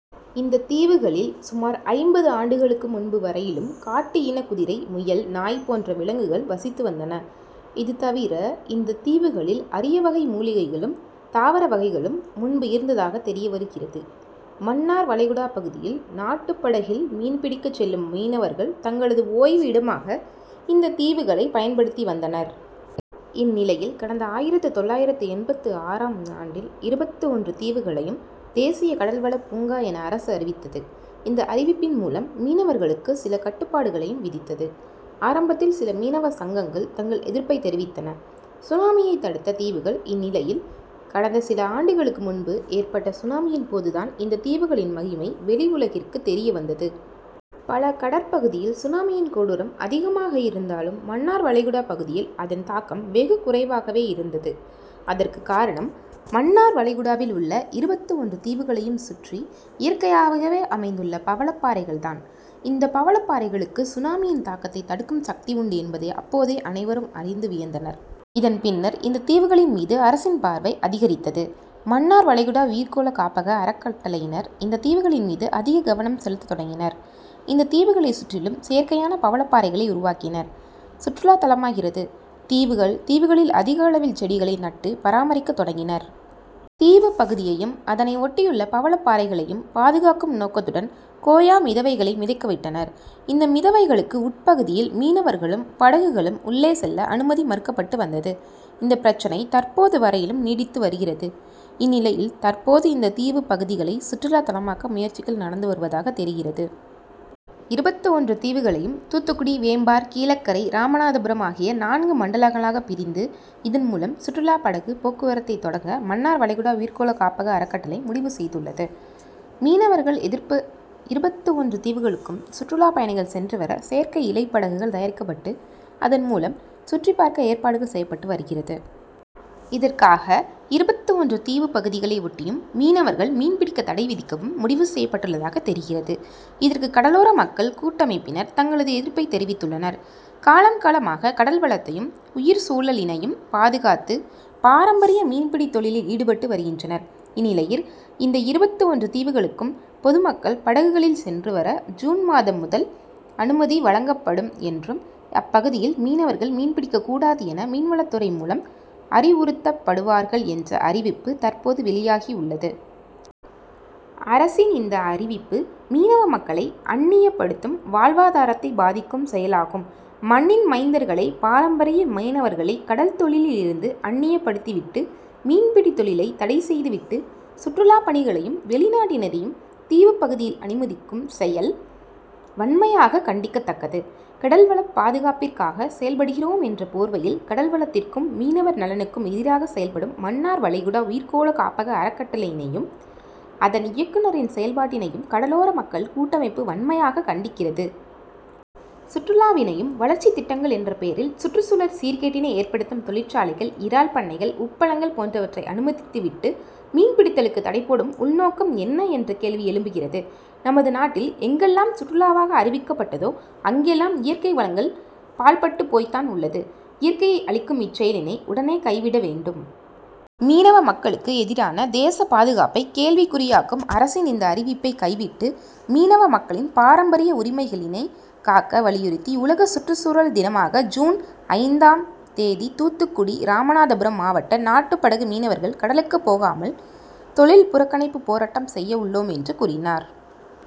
இந்த தீவுகளில் சுமார் ஐம்பது ஆண்டுகளுக்கு முன்பு வரையிலும் காட்டு இன குதிரை, முயல், நாய் போன்ற விலங்குகள் வசித்து வந்தன. இது தவிர இந்த தீவுகளில் அரியவகை மூலிகைகளும், தாவர வகைகளும் முன்பு இருந்ததாக தெரியவருகிறது. மன்னார்வளைகுடா பகுதியில் நாட்டு படகுகளில் மீன்பிடிக்க செல்லும் மீனவர்கள் தங்களது ஓய்வு இடமாக இந்த தீவுகளை பயன்படுத்தி வந்தனர். இந்நிலையில் கடந்த ஆயிரத்து தொள்ளாயிரத்து எண்பத்து ஆறாம் ஆண்டில் இருபத்து ஒன்று தீவுகளையும் தேசிய கடல்வளப் பூங்கா என அரசு அறிவித்தது. இந்த அறிவிப்பின் மூலம் மீனவர்களுக்கு சில கட்டுபாடுகளையும் விதித்தது. ஆரம்பத்தில் சில மீனவ சங்கங்கள் தங்கள் எதிர்ப்பை தெரிவித்தன. சுனாமியை தடுத்த தீவுகள் இந்நிலையில் கடந்த சில ஆண்டுகளுக்கு முன்பு ஏற்பட்ட சுனாமியின் போது தான் இந்த தீவுகளின் மகிமை வெளி உலகிற்கு தெரியவந்தது. பல கடற்பகுதியில் சுனாமியின் கொடூரம் அதிகமாக இந்தாலும், மன்னார்வளைகுடா பகுதியில் அதன் தாக்கம் வெகு குறைவாகவே இருந்தது. அதற்கு காரணம் மன்னார் வளைகுடாவில் உள்ள இருபத்து ஒன்று தீவுகளையும் சுற்றி இயற்கையாகவே அமைந்துள்ள பவளப்பறைகள் தான். இந்த பவளப்பறைகளுக்கு சுனாமியின் தாக்கத்தை தடுக்கும் சக்தி உண்டு என்பதை அப்போது அனைவரும் அறிந்து வியந்தனர். இதன் பின்னர் இந்த தீவுகளின் மீது அரசின் பார்வை அதிகரித்தது. மன்னார்வளைகுடா உயிர்கோள காப்பக அறக்கட்டளையினர் இந்த தீவுகளின் மீது அதிக கவனம் செலுத்த தொடங்கினர். இந்த தீவுகளை சுற்றிலும் செயற்கையான பவளப்பாறைகளை உருவாக்கினர். சுற்றுலா தலமாகிறது தீவுகள் தீவுகளில் அதிக அளவில் செடிகளை நட்டு பராமரிக்க தொடங்கினர். தீவு பகுதியையும், அதனை ஒட்டியுள்ள பவளப்பாறைகளையும் பாதுகாக்கும் நோக்கத்துடன் கோயா மிதவைகளை மிதக்கவிட்டனர். இந்த மிதவைகளுக்கு உட்பகுதியில் மீனவர்களும், படகுகளும் உள்ளே செல்ல அனுமதி மறுக்கப்பட்டு வந்தது. இந்த பிரச்னை தற்போது வரையிலும் நீடித்து வருகிறது. இந்நிலையில் தற்போது இந்த தீவு பகுதிகளை சுற்றுலா தலமாக்க முயற்சிகள் நடந்து வருவதாக தெரிகிறது. இருபத்து ஒன்று தீவுகளையும் தூத்துக்குடி, வேம்பார், கீழக்கரை, ராமநாதபுரம் ஆகிய நான்கு மண்டலங்களாக பிரிந்து, இதன் மூலம் சுற்றுலா படகு போக்குவரத்தை தொடங்க மன்னார் வளைகுடா உயிர்கோள காப்பக அறக்கட்டளை முடிவு செய்துள்ளது. மீனவர்கள் எதிர்ப்பு இருபத்து ஒன்று தீவுகளுக்கும் சுற்றுலா பயணிகள் சென்று வர செயற்கைஇழை படகுகள் தயாரிக்கப்பட்டு அதன் மூலம் சுற்றி பார்க்க ஏற்பாடுகள் செய்யப்பட்டு வருகிறது. இதற்காக இருபத்து ஒன்று தீவு பகுதிகளை ஒட்டியும் மீனவர்கள் மீன்பிடிக்க தடை விதிக்கவும் முடிவு செய்யப்பட்டுள்ளதாக தெரிகிறது. இதற்கு கடலோர மக்கள் கூட்டமைப்பினர் தங்களது எதிர்ப்பை தெரிவித்துள்ளனர். காலம், காலமாக கடல்வளத்தையும், உயிர்சூழலினையும் பாதுகாத்து, பாரம்பரிய மீன்பிடித் தொழிலில் ஈடுபட்டு வருகின்றனர். இந்நிலையில் இந்த இருபத்து ஒன்று தீவுகளுக்கும் பொதுமக்கள் படகுகளில் சென்று வர ஜூன் மாதம் முதல் அனுமதிவழங்கப்படும் என்றும், அப்பகுதியில் மீனவர்கள் மீன்பிடிக்க கூடாது என மீன்வளத்துறை மூலம் அறிவுறுத்தப்படுவார்கள் என்ற அறிவிப்பு தற்போது வெளியாகி உள்ளது. அரசின் இந்த அறிவிப்பு மீனவ மக்களை அந்நியப்படுத்தும், வாழ்வாதாரத்தை பாதிக்கும் செயலாகும். மண்ணின் மைந்தர்களை, பாரம்பரிய மீனவர்களை கடல்தொழிலில் இருந்து அந்நியப்படுத்திவிட்டு, மீன்பிடித் தொழிலை தடை செய்துவிட்டு சுற்றுலா பயணிகளையும், வெளிநாட்டினரையும் தீவுப்பகுதியில் அனுமதிக்கும் செயல் வன்மையாக கண்டிக்கத்தக்கது. கடல்வளப்பாதுகாப்பிற்காக செயல்படுகின்றோம் என்ற போர்வையில் கடல்வளத்திற்கும், மீனவர் நலனுக்கும் எதிராக செயல்படும் மன்னார் வளைகுடா உயிர்கோள காப்பக அறக்கட்டளையினையும், அதன் இயக்குனரின் செயல்பாட்டினையும் கடலோர மக்கள் கூட்டமைப்பு வன்மையாக கண்டிக்கிறது. சுற்றுலாவினையும், வளர்ச்சிதிட்டங்கள் என்ற பெயரில் சுற்றுசூழல் சீர்கேட்டினை ஏற்படுத்தும் தொழிற்சாலைகள், இறால் பண்ணைகள், உப்பளங்கள் போன்றவற்றை அனுமதித்துவிட்டு, மீன்பிடித்தலுக்கு தடைபோடும் உள்நோக்கம் என்ன என்ற கேள்வி எழும்புகிறது. நமது நாட்டில் எங்கெல்லாம் சுற்றுலாவாக அறிவிக்கப்பட்டதோ அங்கெல்லாம் இய ற்கை வளங்கள் பாழ்பட்டுபோய்தான் உள்ளது. இயற்கையை அழி க்கும் இச்செயலினை உடனே கைவிடவேண்டும். மீனவ மக்களுக்கு எதிரான, தேசபாதுகாப்பை கேள்விகுறியாக்கும் அரசின் இந்த அறிவிப்பை கைவிட்டு மீனவ மக்களின் பாரம்பரிய உரிமைகளினை காக்க வலியுறுத்தி உலக சுற்றுசூழல் தினமான ஜூன் ஐந்து ம் தேதி தூத்துக்குடி, ராமநாதபுரம் மாவட்ட நாட்டுபடகு மீனவர்கள் கடலுக்கு போகாமல் தொழில் புறக்கணிப்பு போராட்டம் செய்ய உள்ளோம் என்று கூறினார்.